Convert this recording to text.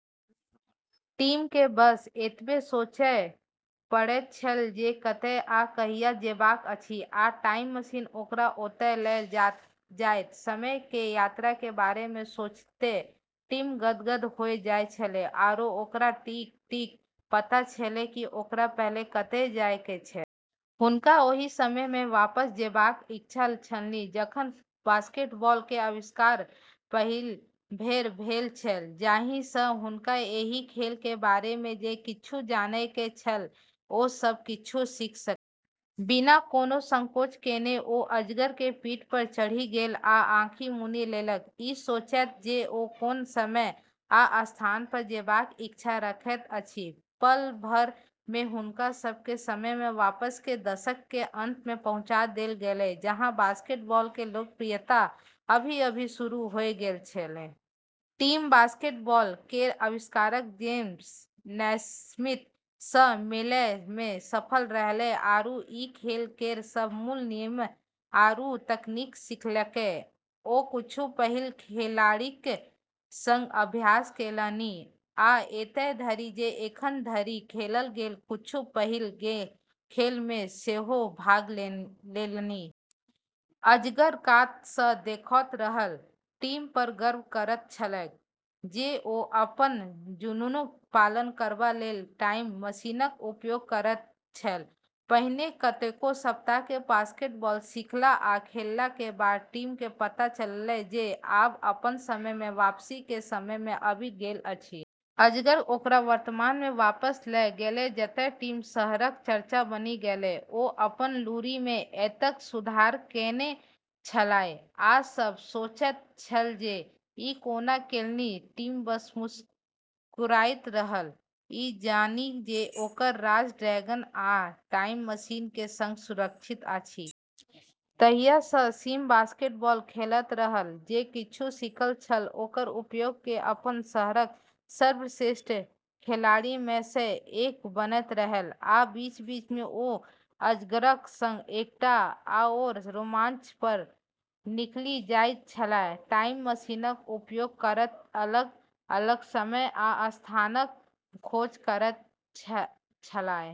टिम के बस एतबे सोचय पड़ैत छल जे कतय आ कहिया जेबाक अछि, आ टाइम मशीन ओकरा ओतय ल' जायत। समय के यात्रा के बारे में सोचतें टिम गदगद होय जाय छेलै, आरो ओकरा ठीक-ठीक पता छेलै कि ओकरा पहलें कतय जाय के छै। हुनका ओहि समय मे वापस जेबाक इच्छा छलनि जखन बास्केटबॉल के आविष्कार पहिल बेर भेल छल, जाहि सं हुनका एहि खेल के बारे मे जे किछु जानय के छल ओ सब किछु सीख सकय। बिना कोनो संकोच केने ओ अजगर के पीठ पर चढ़ि गेल आ आँखि मुनि लेलक, ई सोचैत जे ओ कोन समय आ स्थान पर जेबाक इच्छा रखैत अछि। पल भर में हुनका सब के समय में वापस, के दशक के अंत में पहुंचा देल गेलै, जहां बास्केटबॉल के लोकप्रियता अभी-अभी शुरू होय गेल छेलै। टिम बास्केटबॉल केर आविष्कारक जेम्स नैस्मिथ स मिलै मे सफल रहलै आरू ई खेल केर सब मूल नियम आरू तकनीक सीखलकै। ओ किछु पहिल खिलाड़ीक संग अभ्यास केलनि आ एतय धरि जे एखन धरि खेलल गेल किछु पहिल खेल मे सेहो भाग लेलनि। अजगर कात सॅ देखैत रहल, टिम पर गर्व करैत छलैक जे ओ अपन जुनूनक पालन करबा लेल टाइम मशीनक उपयोग करैत छल। पहिने कतेको सप्ताह के बास्केटबॉल सीखला आ खेलला के बाद टिम के पता चलल जे आब अपन समय में वापसी के समय आबि गेल अछि। अजगर ओकरा वर्तमान मे वापस ल' गेलै, जतय टिम शहरक चर्चा बनि गेलै। ओ अपन लूरि मे एतेक सुधार केने छलाह, आ सभ सोचैत छल जे ई कोना केलनि। टिम बस मुस्कुराइत रहल, ई जानि जे ओकर राज ड्रैगन आ टाइम मशीन के संग सुरक्षित अछि। तहिया सँ टिम बास्केटबॉल खेलैत रहल, जे किछु सीखल छल ओकर उपयोग क' अपन शहरक सर्वश्रेष्ठ खिलाड़ी मे सँ एक बनैत रहल। आ बीच-बीच मे ओ अजगरक संग एकटा आओर रोमांच पर निकलि जाइत छलाह, टाइम मशीनक उपयोग करैत अलग-अलग समय आ स्थानक खोज करैत छलाह।